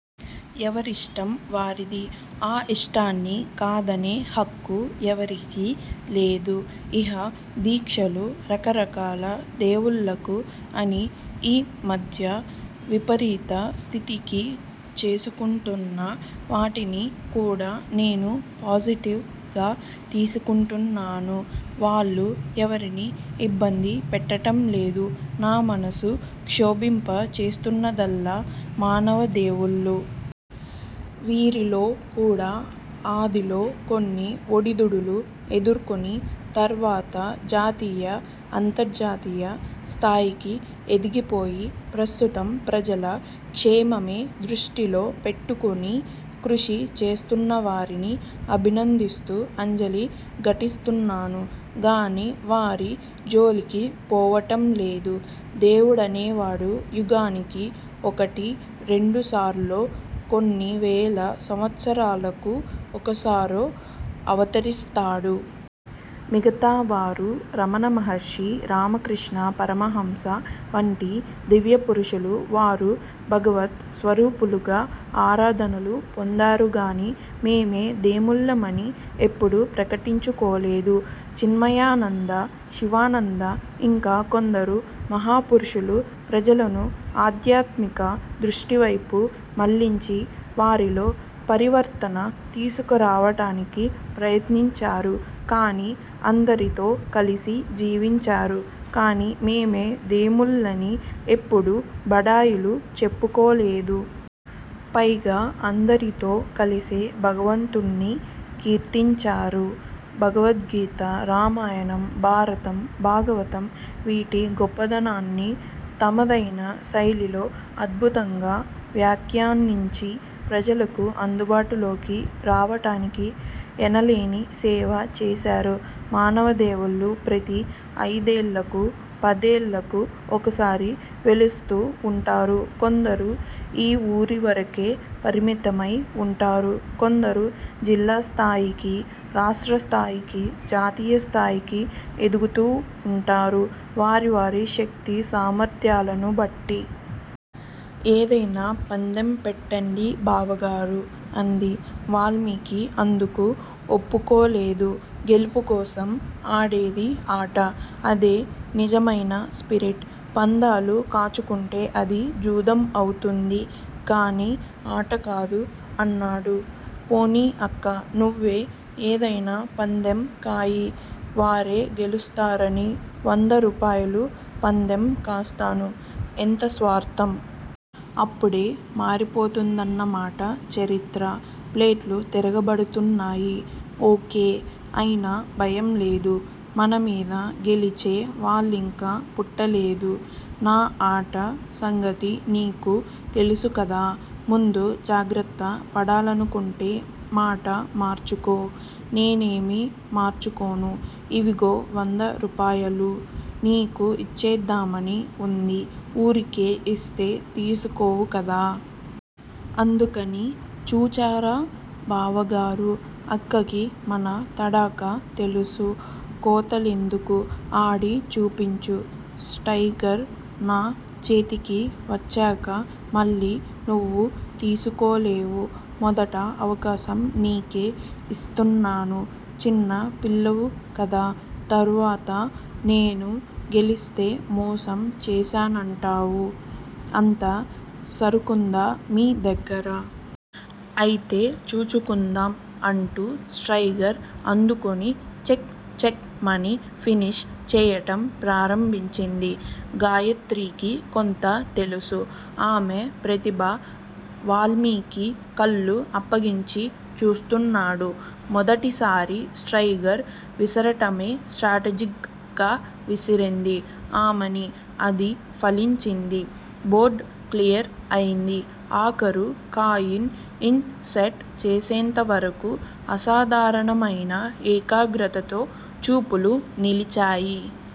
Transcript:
ఎవరిష్టం వారిది. ఆ ఇష్టాన్ని కాదనే హక్కు ఎవరికీ లేదు! ఇహ దీక్షలు రకరకాల దేవుళ్ళకు. అని ఈ మధ్య విపరీత స్థితికి చేసుకుంటున్నా వాటిని కూడా నేను పాజిటివ్ గా తీసుకుంటున్నాను. వాళ్ళు ఎవరినీ ఇబ్బంది పెట్టటం లేదు. నా మనసును క్షోభింపచేస్తున్నదల్లా మానవదేవుళ్ళు! వీరిలోకూడా ఆదిలో కొన్ని ఒడిదుడుకులు ఎదుర్కొని, తర్వాత జాతీయ, అంతర్జాతీయ స్థాయికి ఎదిగిపోయి, ప్రస్తుతం ప్రజల క్షేమమే దృష్టిలో పెట్టుకుని కృషి చేస్తోన్నవారిని అభినందిస్తూ అంజలి ఘటిస్తున్నాను గాని, వారి జోలికి పోవటం లేదు! దేవుడనేవాడు యుగానికి ఒకటి రెండుసార్లో, కొన్నివేల సంవత్సరాలకు ఒకసారో అవతరిస్తాడు. మిగతావరు రమణమహర్షి, రామకృష్ణ పరమహంస వంటి దివ్యపురుషులు వారు భగవత్ స్వరూపులుగా ఆరాధనలు పొందారుగాని, మేమే దేముళ్ళమని ఎప్పుడూ ప్రకటించుకోలేదు. చిన్మయానంద, శివానంద ఇంకా కొందరు మహాపురుషులు ప్రజలను ఆధ్యాత్మిక దృష్టివైపు మళ్ళించి, వారిలో పరివర్తన తీసుకురావటానికి ప్రయత్నించారు కానీ, అందరితో కలిసి జీవించారు. కానీ, మేమే దేముళ్ళని ఎప్పుడూ బడాయిలు చెప్పుకోలేదు. పైగా అందరితో కలిసి భగవంతుడ్ని కీర్తించారు. భగవద్గీత, రామాయణం, భారతం, భాగవతం-వీటి గొప్పదనాన్ని తమదైన శైలిలో అద్భుతంగా వ్యాఖ్యానించి, ప్రజలకు అందుబాటులోకి రావటానికి ఎనలేని సేవ చేశారు. మానవదేవుళ్ళు ప్రతి అయిదేళ్ళకూ, పదేళ్ళకూ ఒకసారి వెలుస్తూ వుంటారు. కొందరు ఈ ఊరివరకే పరిమితమై వుంటారు. కొందరు జిల్లాస్థాయికీ, రాష్ట్రస్థాయికీ, జాతీయస్థాయికీ ఎదుగుతూ వుంటారు వారి వారి శక్తి సామర్ద్యాలను బట్టి. ఏదయినా పందెం పెట్టండి బావగారూ! అంది. వాల్మీకి అందుకు ఒప్పుకోలేదు. గెలుపుకోసం ఆడేదే ఆట! అదే నిజమయిన స్పిరిట్! పందాలు కాచుకుంటే అది జూదం అవుతుంది కాని ఆటకాదు అన్నాడు, పోనీ అక్కా! నువ్వే ఏదయినా పందెం కాయి వారే గెలుస్తారని వంద రూపాయలు పందెం కాస్తాను ఎంత స్వార్ధం? అప్పుడే మారిపోతుందన్నమాట చరిత్ర! ప్లేట్లు తిరగబడుతున్నాయి! ఓకే! అయినా భయంలేదు. మనమీద గెలిచే వాళ్ళింకా పుట్టలేదు. నా ఆట సంగతి నీకు తెలుసుకదా! ముందు జాగ్రత్త పడాలనుకుంటే మాట మార్చుకో! నేనేమీ మార్చుకోను. ఇవిగో వంద రూపాయలు. నీకు యిచ్చేద్దామని ఉంది. ఊరికే యిస్తే తీసుకోవు కదా!? అందుకని. చూచారా బావగారూ! అక్కకి మన తడాఖా తెలుసు! కోతలెందుకు ఆడి చూపించు, స్త్రయిగర్ నా చేతికి వచ్చాక మళ్ళీ నువ్వు తీసుకోలేవు. మొదటి అవకాశం నీకే యిస్తున్నాను. చిన్న పిల్లవు కదా! తరువాత నేను గెలిస్తే మోసం చేశానంటావు అంత సరుకుందా మీ దగ్గర! ఐతే చూచుకుందాం అంటూ స్త్రయిగర్ అందుకుని చెక్ చెక్ మని ఫినిష్ చేయటం ప్రారంభించింది. గాయత్రికి కొంత తెలుసు ఆమె ప్రతిభ! వాల్మీకి కళ్ళు అప్పగించి చూస్తున్నాడు. మొదటిసారి స్త్రయిగర్ విసరటమే స్ట్రాటజిక్ గా విసిరింది ఆమని! అది ఫలించింది. బోర్డు క్లియర్ అయింది. ఆఖరు కాయిన్ ఇన్ సెట్ చేసేంతవరకూ అసాధారణమయిన ఏకాగ్రతతో చూపులు నిలిచాయి.